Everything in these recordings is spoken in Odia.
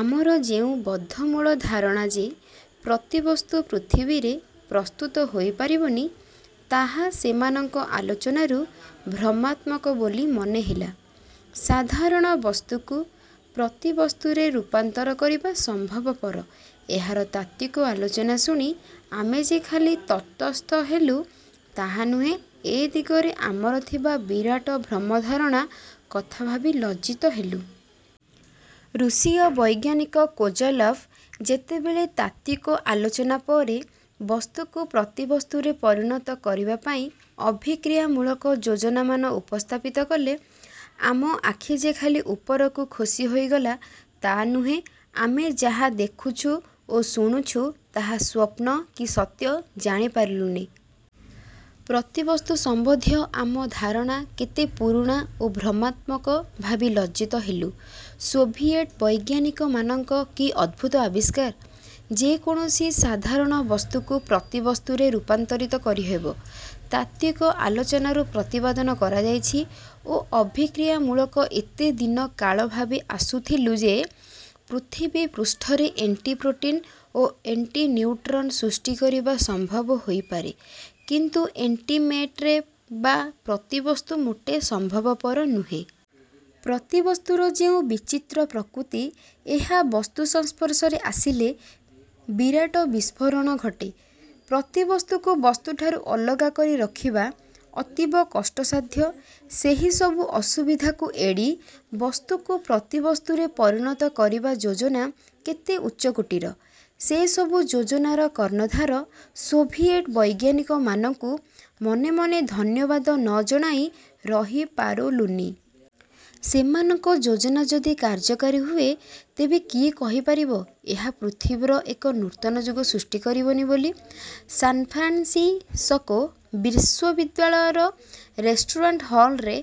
ଆମର ଯେଉଁ ବଦ୍ଧମୂଳ ଧାରଣା ଯେ ପ୍ରତିବସ୍ତୁ ପୃଥିବୀରେ ପ୍ରସ୍ତୁତ ହୋଇପାରିବନି, ତାହା ସେମାନଙ୍କ ଆଲୋଚନାରୁ ଭ୍ରମାତ୍ମକ ବୋଲି ମନେହେଲା। ସାଧାରଣ ବସ୍ତୁକୁ ପ୍ରତିବସ୍ତୁରେ ରୂପାନ୍ତର କରିବା ସମ୍ଭବପର, ଏହାର ତାତ୍ତ୍ୱିକ ଆଲୋଚନା ଶୁଣି ଆମେ ଯେ ଖାଲି ତଟସ୍ଥ ହେଲୁ ତାହା ନୁହେଁ ଏ ଦିଗରେ ଆମର ଥିବା ବିରାଟ ଭ୍ରମଧାରଣା କଥା ଭାବି ଲଜ୍ଜିତ ହେଲୁ। ରୁଷୀୟ ବୈଜ୍ଞାନିକ କୋଜୋଲଭ୍ ଯେତେବେଳେ ତାତ୍ତ୍ୱିକ ଆଲୋଚନା ପରେ ବସ୍ତୁକୁ ପ୍ରତିବସ୍ତୁରେ ପରିଣତ କରିବା ପାଇଁ ଅଭିକ୍ରିୟାମୂଳକ ଯୋଜନାମାନ ଉପସ୍ଥାପିତ କଲେ, ଆମ ଆଖି ଯେ ଖାଲି ଉପରକୁ ଖୋସି ହୋଇଗଲା ତା ନୁହେଁ, ଆମେ ଯାହା ଦେଖୁଛୁ ଓ ଶୁଣୁଛୁ ତାହା ସ୍ୱପ୍ନ କି ସତ୍ୟ ଜାଣି ପାରିଲୁନି। ପ୍ରତିବସ୍ତୁସମ୍ବନ୍ଧୀୟ ଆମ ଧାରଣା କେତେ ପୁରୁଣା ଓ ଭ୍ରମାତ୍ମକ ଭାବି ଲଜ୍ଜିତ ହେଲୁ। ସୋଭିୟେଟ୍ ବୈଜ୍ଞାନିକମାନଙ୍କ କି ଅଦ୍ଭୁତ ଆବିଷ୍କାର! ଯେ କୌଣସି ସାଧାରଣ ବସ୍ତୁକୁ ପ୍ରତିବସ୍ତୁରେ ରୂପାନ୍ତରିତ କରିହେବ, ତାତ୍ତ୍ୱିକ ଆଲୋଚନାରୁ ପ୍ରତିପାଦନ କରାଯାଇଛି ଓ ଅଭିକ୍ରିୟାମୂଳକ ଏତେ ଦିନ କାଳ ଭାବି ଆସୁଥିଲୁ ଯେ ପୃଥିବୀପୃଷ୍ଠରେ ଏଣ୍ଟିପ୍ରୋଟିନ ଓ ଏଣ୍ଟିନିଉଟ୍ରନ ସୃଷ୍ଟି କରିବା ସମ୍ଭବ ହୋଇପାରେ; କିନ୍ତୁ ଏଣ୍ଟିମେଟରେ ବା ପ୍ରତିବସ୍ତୁ ମୋଟେ ସମ୍ଭବପର ନୁହେଁ। ପ୍ରତିବସ୍ତୁର ଯେଉଁ ବିଚିତ୍ର ପ୍ରକୃତି, ଏହା ବସ୍ତୁସଂସ୍ପର୍ଶରେ ଆସିଲେ ବିରାଟ ବିସ୍ଫୋରଣ ଘଟେ, ପ୍ରତିବସ୍ତୁକୁ ବସ୍ତୁଠାରୁ ଅଲଗା କରି ରଖିବା ଅତୀବ କଷ୍ଟସାଧ୍ୟ; ସେହି ସବୁ ଅସୁବିଧାକୁ ଏଡ଼ି ବସ୍ତୁକୁ ପ୍ରତିବସ୍ତୁରେ ପରିଣତ କରିବା ଯୋଜନା କେତେ ଉଚ୍ଚକୋଟିର, ସେସବୁ ଯୋଜନାର କର୍ଣ୍ଣଧାର ସୋଭିୟେଟ୍ ବୈଜ୍ଞାନିକମାନଙ୍କୁ ମନେ ମନେ ଧନ୍ୟବାଦ ନ ଜଣାଇ ରହି ପାରୁଲୁନି। ସେମାନଙ୍କ ଯୋଜନା ଯଦି କାର୍ଯ୍ୟକାରୀ ହୁଏ, ତେବେ କିଏ କହିପାରିବ ଏହା ପୃଥିବୀର ଏକ ନୂତନ ଯୁଗ ସୃଷ୍ଟି କରିବନି ବୋଲି। ସାନ୍ଫ୍ରାନ୍ସିସକୋ ବିଶ୍ୱବିଦ୍ୟାଳୟର ରେଷ୍ଟୁରାଣ୍ଟ ହଲରେ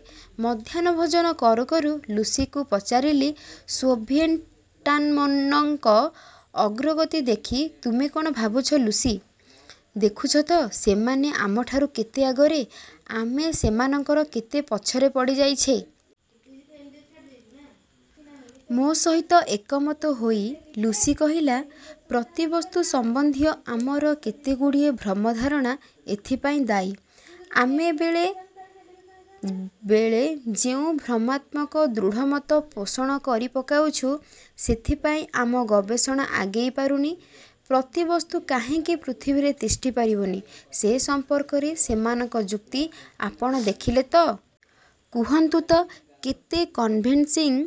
ମଧ୍ୟାହ୍ନଭୋଜନ କରୁ କରୁ ଲୁସିକୁ ପଚାରିଲି, ସୋଭିୟେଟାନମନଙ୍କ ଅଗ୍ରଗତି ଦେଖି ତୁମେ କଣ ଭାବୁଛ, ଲୁସି? ଦେଖୁଛ ତ ସେମାନେ ଆମଠାରୁ କେତେ ଆଗରେ, ଆମେ ସେମାନଙ୍କର କେତେ ପଛରେ ପଡ଼ି ଯାଇଛେ। ମୋ ସହିତ ଏକମତ ହୋଇ ଲୁସି କହିଲା, ପ୍ରତିବସ୍ତୁ ସମ୍ବନ୍ଧୀୟ ଆମର କେତେ ଗୁଡ଼ିଏ ଭ୍ରମଧାରଣା ଏଥିପାଇଁ ଦାୟୀ। ଆମେ ବେଳେ ବେଳେ ଯେଉଁ ଭ୍ରମାତ୍ମକ ଦୃଢ଼ମତ ପୋଷଣ କରି ପକାଉଛୁ, ସେଥିପାଇଁ ଆମ ଗବେଷଣା ଆଗେଇ ପାରୁନି। ପ୍ରତିବସ୍ତୁ କାହିଁକି ପୃଥିବୀରେ ତିଷ୍ଠିପାରିବନି, ସେ ସଂପର୍କରେ ସେମାନଙ୍କ ଯୁକ୍ତି ଆପଣ ଦେଖିଲେ ତ? କୁହନ୍ତୁ ତ କେତେ କନଭେନନ୍ସିଙ୍ଗ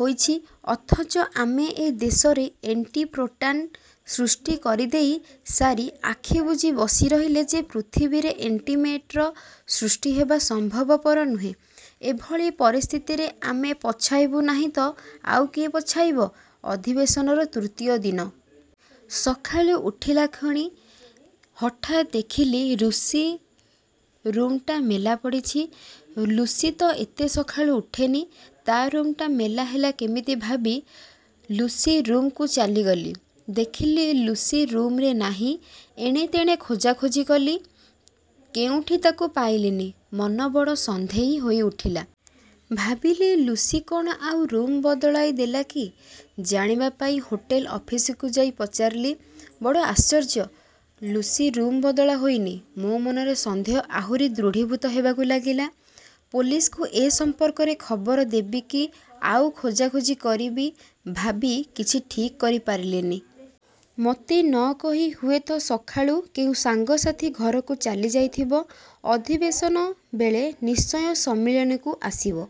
ହୋଇଛି। ଅଥଚ ଆମେ ଏ ଦେଶରେ ଏଣ୍ଟିପ୍ରୋଟାନ୍ ସୃଷ୍ଟି କରିଦେଇ ସାରି ଆଖିବୁଜି ବସିରହିଲେ ଯେ ପୃଥିବୀରେ ଏଣ୍ଟିମେଟର ସୃଷ୍ଟିହେବା ସମ୍ଭବପର ନୁହେଁ। ଏଭଳି ପରିସ୍ଥିତିରେ ଆମେ ପଛାଇବୁ ନାହିଁ ତ ଆଉ କିଏ ପଛାଇବ? ଅଧିବେଶନର ତୃତୀୟ ଦିନ। ସକାଳୁ ଉଠିଲାକ୍ଷଣି ହଠାତ୍ ଦେଖିଲି ରୁସି ରୁମ୍ଟା ମେଲା ପଡ଼ିଛି। ଲୁସି ତ ଏତେ ସକାଳୁ ଉଠେନି, ତା'ରୁମ୍ ଟା ମେଲାହେଲା କେମିତି ଭାବି ଲୁସି ରୁମ୍କୁ ଚାଲିଗଲି, ଦେଖିଲି ଲୁସି ରୁମରେ ନାହିଁ। ଏଣେତେଣେ ଖୋଜା ଖୋଜି କଲି। କେଉଁଠି ତାକୁ ପାଇଲନି। ମନ ବଡ଼ ସନ୍ଦେହୀ ହୋଇ ଉଠିଲା। ଭାବିଲି, ଲୁସି କ'ଣ ଆଉ ରୁମ୍ ବଦଳାଇ ଦେଲା କି? ଜାଣିବା ପାଇଁ ହୋଟେଲ ଅଫିସକୁ ଯାଇ ପଚାରିଲି। ବଡ଼ ଆଶ୍ଚର୍ଯ୍ୟ, ଲୁସି ରୁମ୍ ବଦଳା ହୋଇନି। ମୋ ମନର ସନ୍ଦେହ ଆହୁରି ଦୃଢ଼ୀଭୂତ ହେବାକୁ ଲାଗିଲା। ପୋଲିସକୁ ଏ ସମ୍ପର୍କରେ ଖବର ଦେବି କି ଆଉ ଖୋଜା ଖୋଜି କରିବି, ଭାବି କିଛି ଠିକ୍ କରି ପାରିଲିନି। ମୋତେ ନ କହି ହୁଏତ ସକାଳୁ କେଉଁ ସାଙ୍ଗସାଥି ଘରକୁ ଚାଲିଯାଇଥିବ, ଅଧିବେଶନ ବେଳେନିଶ୍ଚୟ ସମ୍ମିଳନୀକୁ ଆସିବ,